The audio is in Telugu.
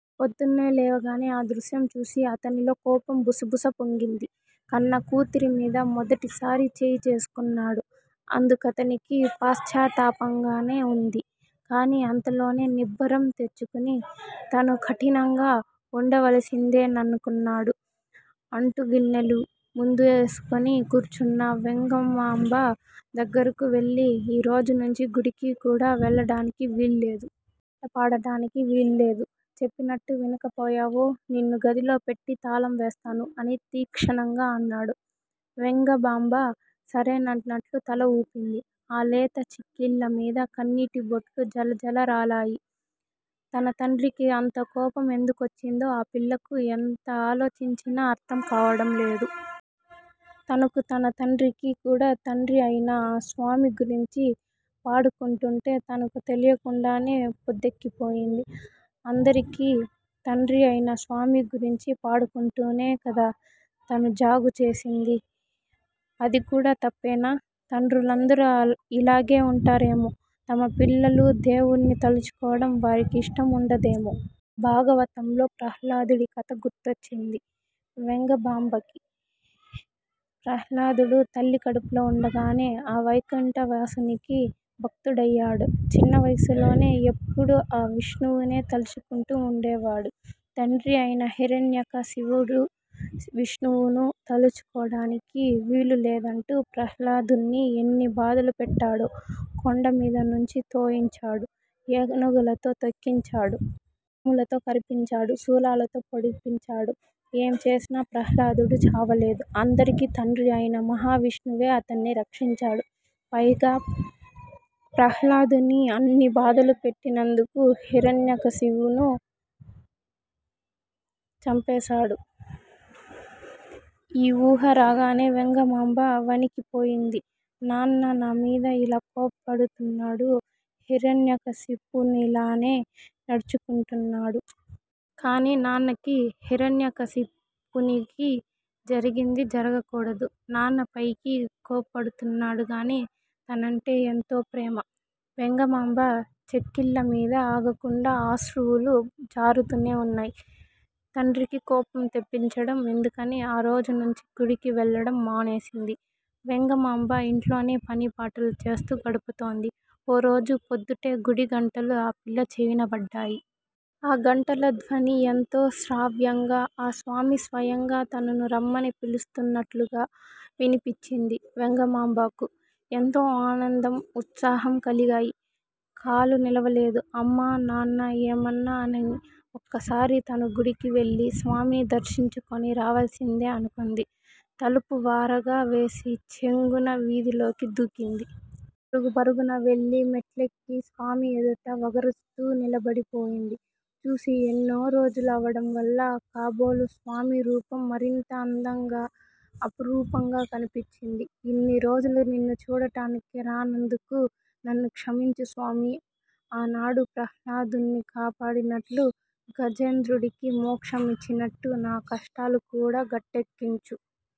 ప్రొద్దున్నే లేవగానే ఆ దృశ్యం చూసి అతనిలో కోపం బుసబుసా పొంగింది. కన్నకూతురి మీద మొదటిసారి చేయి చేసుకున్నాడు! అందుకతనికి పశ్చాత్తాపంగానే ఉంది. కానీ అంతలోనే నిబ్బరం తెచ్చుకుని తను కఠినంగా ఉండవలసిందేననుకున్నాడు. అంటుగిన్నెలు ముందేసుకుని కూర్చున్న వెంగమాంబ దగ్గరకు వెళ్ళి, ఈరోజు నుంచి గుడికి కూడా వెళ్ళడానికి వీల్లేదు. పాటలు పాడటానికి వీల్లేదు. చెప్పినట్లు వినకపోయావో నిన్ను గదిలో పెట్టి తాళం వేస్తాను అని తీక్షణంగా అన్నాడు. వెంగమాంబ సరేనన్నట్లు తల ఊపింది. ఆ లేత చెక్కిళ్లమీద కన్నీటి బొట్లు జలజలరాలాయి. తన తండ్రికి అంతకోపం ఎందుకొచ్చిందో ఆపిల్లకు ఎంత ఆలోచించినా అర్థం కావడం లేదు. తనకూ, తన తండ్రికీ కూడా తండ్రి అయిన ఆ స్వామి గురించి పాడుకుంటుంటే తనకు తెలియకుండానే పొద్దెక్కిపోయింది. అందరికీ తండ్రి అయిన స్వామి గురించి పాడుకుంటూనే కదా, తను జాగు చేసింది! అది కూడా తప్పేనా? తండ్రులందరూ ఇలాగే ఉంటారేమో! తమ పిల్లలు దేవుణ్ణి తలచుకోవడం వారికి ఇష్టం ఉండదేమో! భాగవతంలో ప్రహ్లాదుడి కథ గుర్తొచ్చింది వెంగమాంబకి. ప్రహ్లాదుడు తల్లి కడుపులో ఉండగానే ఆ వైకుంఠవాసునికి భక్తుడయ్యాడు. చిన్న వయసులోనే ఎప్పుడూ ఆ విష్ణువునే తలచుకుంటూ ఉండేవాడు. తండ్రి అయిన హిరణ్యక శివుడు విష్ణువును తలచుకోడానికి వీలులేదంటూ ప్రహ్లాదుణ్ణి ఎన్ని బాధలు పెట్టాడో! కొండమీదనుంచి తోయించాడు. ఏనుగులతో తొక్కించాడు. పాములతో కరిపించాడు. శూలాలతో పొడిపించాడు. ఏం చేసినా ప్రహ్లాదుడు చావలేదు. అందరికీ తండ్రి అయిన మహావిష్ణువే అతణ్ణి రక్షించాడు. పైగా ప్రహ్లాదుని అన్ని బాధలు పెట్టినందుకు హిరణ్యకశిపునే చంపేశాడు. ఈ ఊహ రాగానే వెంగమాంబ వణికిపోయింది. నాన్న నామీద ఇలా కోప్పడు తున్నాడు. హిరణ్యకశిపునిలానే నడుచుకుంటున్నాడు. కానీ నాన్నకి హిరణ్యకశిపునికి జరిగింది జరగకూడదు. నాన్న పైకి కోప్పడుతున్నాడుగానీ, తనంటే ఎంతో ప్రేమ. వెంగమాంబ చెక్కిళ్ళమీద ఆగకుండా అశ్రువులు జారుతూనే ఉన్నాయి. తండ్రికి కోపం తెప్పించడం ఎందుకని ఆరోజునుంచి గుడికి వెళ్ళడం మానేసింది వెంగమాంబ ఇంట్లోనే పనిపాటలు చేస్తూ గడుపుతోంది. ఓరోజు పొద్దుటే గుడి గంటలు ఆ పిల్ల చెవినపడ్డాయి. ఆ గంటలధ్వని ఎంతో శ్రావ్యంగా, ఆ స్వామి స్వయంగా తనను రమ్మని పిలుస్తున్నట్లుగా వినిపించింది వెంగమాంబకు. ఎంతో ఆనందం, ఉత్సాహం కలిగాయి. కాలు నిలవలేదు, అమ్మా, నాన్న ఏమన్నా అననీ, ఒక్కసారి తను గుడికివెళ్ళి స్వామిని దర్శించుకొని రావలసిందే అనుకుంది. తలుపు వారగా వేసి చెంగున వీథిలోకి దూకింది. పరుగు పరుగున వెళ్ళి మెట్లెక్కి స్వామి ఎదుట వగరుస్తూ నిలబడి పోయింది. చూసి ఎన్నో రోజులు అవడం వల్ల కాబోలు స్వామి రూపం మరింత అందంగా, అపురూపంగా కనిపించింది. ఇన్ని రోజులూ నిన్ను చూడడానికి రానందుకు నన్ను క్షమించు స్వామీ. ఆనాడు ప్రహ్లాదుణ్ణి కాపాడినట్లు, గజేంద్రుడికి మోక్షమిచ్చినట్టు నా కష్టాలు కూడా గట్టెక్కించు.